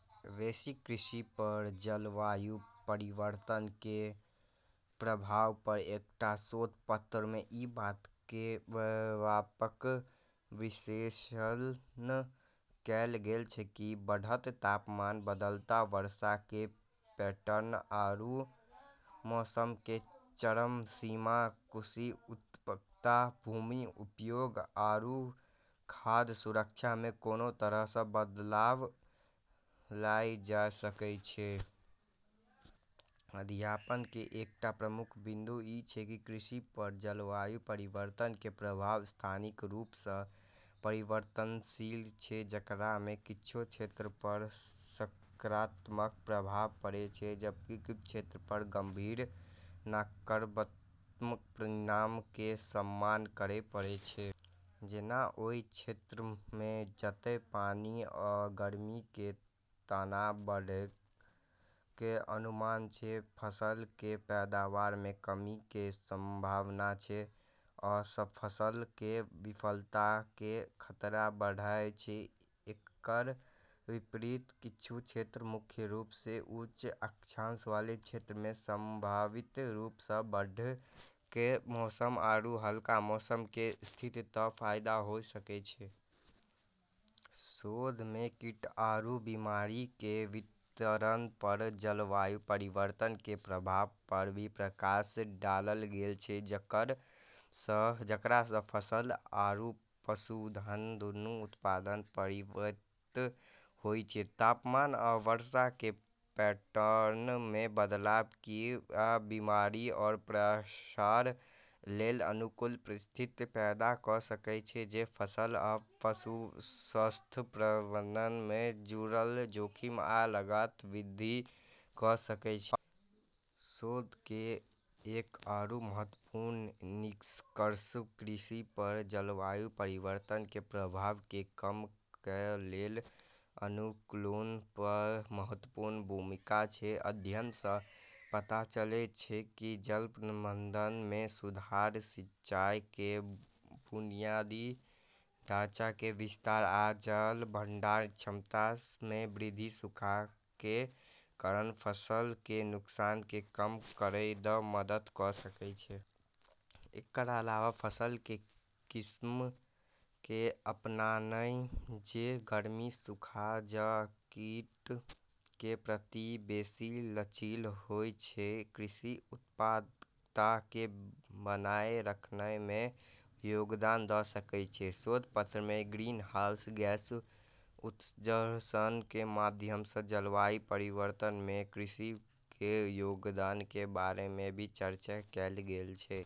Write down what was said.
वैश्विक कृषि पर जलवायु परिवर्तन केर प्रभाव पर एकटा शोध पत्र मे ई बात केर व्यापक विश्लेषण कएल गेल छै कि बढ़त तापमान, बदलत वर्षा केर पैटर्न, आरू मौसम केर चरम सीमा कृषि उत्पादकता, भूमि उपयोग, आरू खाद्य सुरक्षा मे कोना तरह सँ बदलाव लानी सकै छै। अध्ययन केर एकटा प्रमुख बिंदु ई छै कि कृषि पर जलवायु परिवर्तन केर प्रभाव स्थानिक रूप सँ परिवर्तनशील छै, जेकरा मे किछु क्षेत्र पर सकारात्मक प्रभाव पड़ै छै जबकि किछु क्षेत्र पर गंभीर नकारात्मक परिणाम केर सामना करना पड़ै छै। जेना, ओय क्षेत्रक मे जतय पानि आ गर्मी केर तनाव बढ़य केर अनुमान छै, फसल केर पैदावार मे कमी केर संभावना छै, आ फसल केर विफलता केर खतरा बढ़य छै। एकर विपरीत, किछु क्षेत्र, मुख्य रूप सँ उच्च अक्षांश वाला क्षेत्र मे संभावित रूप सँ बढ़ै केर मौसम आरू हल्का मौसम केर स्थिति सँ फायदा होय सकै छै। शोध मे कीट आरू बीमारी केर वितरण पर जलवायु परिवर्तन के प्रभाव पर भी प्रकाश डालल गेल छै, जेकरा सँ फसल आरू पशुधन दूनू उत्पादन प्रभावित होय छै। तापमान आ वर्षा केर पैटर्न मे बदलाव कीट आ बीमारी केर प्रसार लेल अनुकूल परिस्थिति पैदा कऽ सकय छै, जे फसल आ पशु स्वास्थ्य प्रबंधन सँ जुड़ल जोखिम आ लागत मे वृद्धि कऽ सकय छै। शोध केर एक आरू महत्वपूर्ण निष्कर्ष कृषि पर जलवायु परिवर्तन केर प्रभाव के कम करै लेल अनुकूलन केर महत्वपूर्ण भूमिका छै। अध्ययन सँ पता चलै छै कि जल प्रबंधन मे सुधार, सिंचाई केर बुनियादी ढाँचा केर विस्तार, आ जल भंडारण क्षमता मे वृद्धि सूखा के कारण फसल केर नुकसान के कम करय मे मदद कऽ सकय छै। एकर अलावा, फसल केर किस्म के अपनानाय जे गर्मी, सूखा आ कीट के प्रति बेसि लचीला होयत छै, कृषि उत्पादकता के बनाए रखनाय मे योगदान दऽ सकय छै। शोध पत्र मे ग्रीनहाउस गैस उत्सर्जन के माध्यम सँ जलवायु परिवर्तन मे कृषि केर योगदान के बारे मे भी चर्चा कएल गेल छै।